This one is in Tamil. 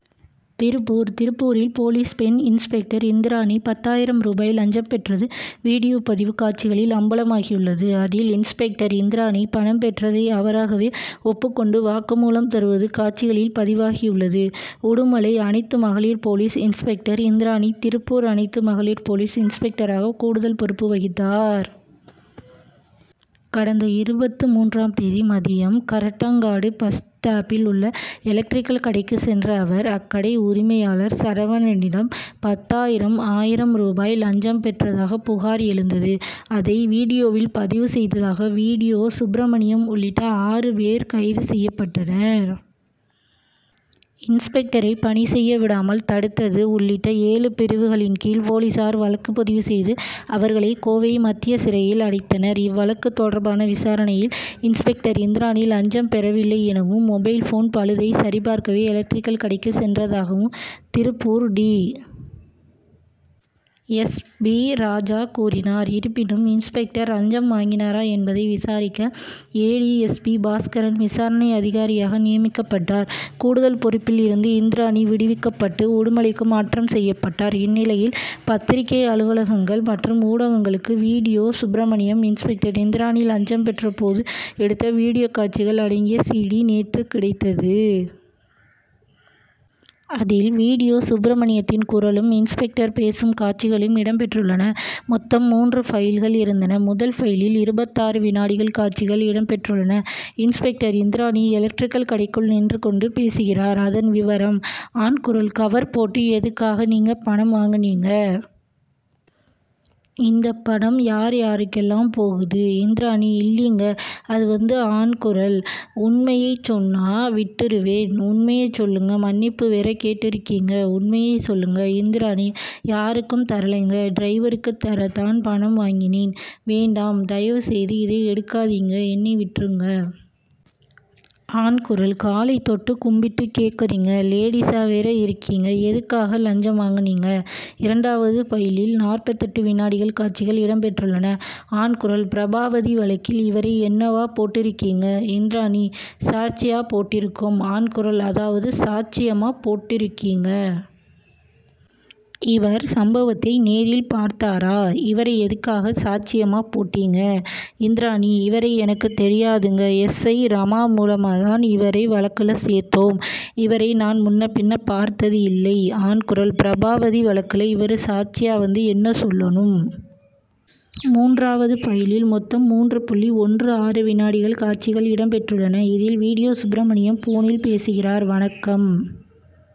திருப்பூர் திருப்பூரில், போலீஸ் பெண் இன்ஸ்பெக்டர் இந்திராணி, பத்தாயிரம் ரூபாய் லஞ்சம் பெற்றது வீடியோ பதிவு காட்சிகளில் அம்பலமாகியுள்ளது; அதில், இன்ஸ்பெக்டர் இந்திராணி, பணம் பெற்றதை அவராகவே ஒப்புக்கொண்டு வாக்குமூலம் தருவது காட்சிகளில் பதிவாகியுள்ளது. உடுமலை அனைத்து மகளிர் போலீஸ் இன்ஸ்பெக்டர் இந்திராணி; திருப்பூர் அனைத்து மகளிர் போலீஸ் இன்ஸ்பெக்டராக கூடுதல் பொறுப்பு வகித்தார். கடந்த இருபத்து மூன்றாம் தேதி மதியம், கரட்டாங்காடு பஸ் ஸ்டாப்பில் உள்ள எலக்ட்ரிக்கல் கடைக்கு சென்ற அவர், அக்கடை உரிமையாளர் சரவணனிடம், பத்தாயிரம் ஆயிரம் ரூபாய் லஞ்சம் பெற்றதாக புகார் எழுந்தது. அதை "வீடியோ'வில் பதிவு செய்ததாக "வீடியோ' சுப்ரமணியம் உள்ளிட்ட ஆறு பேர் கைது செய்யப்பட்டனர். இன்ஸ்பெக்டரை பணி செய்ய விடாமல் தடுத்தது உள்ளிட்ட ஏழு பிரிவுகளின் கீழ் போலீசார் வழக்கு பதிவு செய்து, அவர்களை கோவை மத்திய சிறையில் அடைத்தனர். இவ்வழக்கு தொடர்பான விசாரணையில், "இன்ஸ்பெக்டர் இந்ராணி லஞ்சம் பெறவில்லை எனவும், மொபைல் போன் பழுதை சரிபார்க்கவே எலக்ட்ரிக்கல் கடைக்கு சென்றதாகவும்,' Tiruppur D. S. P., Raja கூறினார். இருப்பினும், இன்ஸ்பெக்டர் லஞ்சம் வாங்கினாரா என்பதை விசாரிக்க, A. E. S. P., Bhaskaran விசாரணை அதிகாரியாக நியமிக்கப்பட்டார். கூடுதல் பொறுப்பில் இருந்து இந்ராணி விடுவிக்கப்பட்டு, உடுமலைக்கு மாற்றம் செய்யப்பட்டார். இந்நிலையில், பத்திரிகை அலுவலகங்கள் மற்றும் ஊடகங்களுக்கு "வீடியோ' சுப்ரமணியம், இன்ஸ்பெக்டர் இந்ராணி லஞ்சம் பெற்றபோது எடுத்த வீடியோ காட்சிகள் அடங்கிய "சீடி ' நேற்று கிடைத்தது. அதில், "வீடியோ' சுப்ரமணியத்தின் குரலும், இன்ஸ்பெக்டர் பேசும் காட்சிகளும் இடம் பெற்றுள்ளன. மொத்தம் மூன்று ஃபைல்கள் இருந்தன. முதல் ஃபைலில் இருபத்தாறு வினாடிகள் காட்சிகள் இடம் பெற்றுள்ளன. இன்ஸ்பெக்டர் இந்திராணி எலக்டரிக்கல் கடைக்குள் நின்று கொண்டு பேசுகிறார். அதன் விவரம்:ஆண் குரல்: கவர் போட்டு எதுக்காக, நீங்க பணம் வாங்குனீங்க? இந்த பணம் யார், யாருக்கெல்லாம் போகுது? இந்ராணி: இல்லீங்க, அதுவந்துஆண் குரல்: உண்மையைச் சொன்னா விட்டுருவேன். உண்மையைச் சொல்லுங்க. மன்னிப்பு வேற கேட்டுருக்கீங்க. உண்மையை சொல்லுங்க. இந்ராணி: யாருக்கும் தரலைங்க; டிரைவருக்கு தரத் தான் பணம் வாங்கினேன். வேண்டாம். தயவு செய்து இதை எடுக்காதீங்க. என்னை விட்டுருங்க. ஆண் குரல்: காலை தொட்டு கும்பிட்டு கேட்கறீங்க. லேடீசா வேற இருக்கீங்க? எதுக்காக, லஞ்சம் வாங்கனீங்க? இரண்டாவது பைலில் நாற்பத்தெட்டு வினாடிகள் காட்சிகள் இடம் பெற்றுள்ளன. ஆண் குரல்: பிரபாவதி வழக்கில் இவரை என்னவா போட்டிருக்கீங்க? இந்திராணி: சாட்சியா போட்டிருக்கோம். ஆண் குரல்: அதாவது, சாட்சியமா போட்டிருக்கீங்க. இவர் சம்பவத்தை நேரில் பார்த்தாரா? இவரை எதுக்காக சாட்சியமா போட்டீங்க? இந்ராணி: இவரை எனக்கு தெரியாதுங்க. எஸ். ஐ., ரமா மூலமா தான் இவரை வழக்குல சேர்த்தோம். இவரை நான் முன்ன பின்ன பார்த்தது இல்லை. ஆண் குரல்: பிரபாவதி வழக்குல இவரு சாட்சியா வந்து என்ன சொல்லணும்? மூன்றாவது பைலில் மொத்தம் மூன்று புள்ளி ஒன்று ஆறு வினாடிகள் காட்சிகள் இடம் பெற்றுள்ளன. இதில் "வீடியோ' சுப்ரமணியம், போனில் பேசுகிறார். "வணக்கம்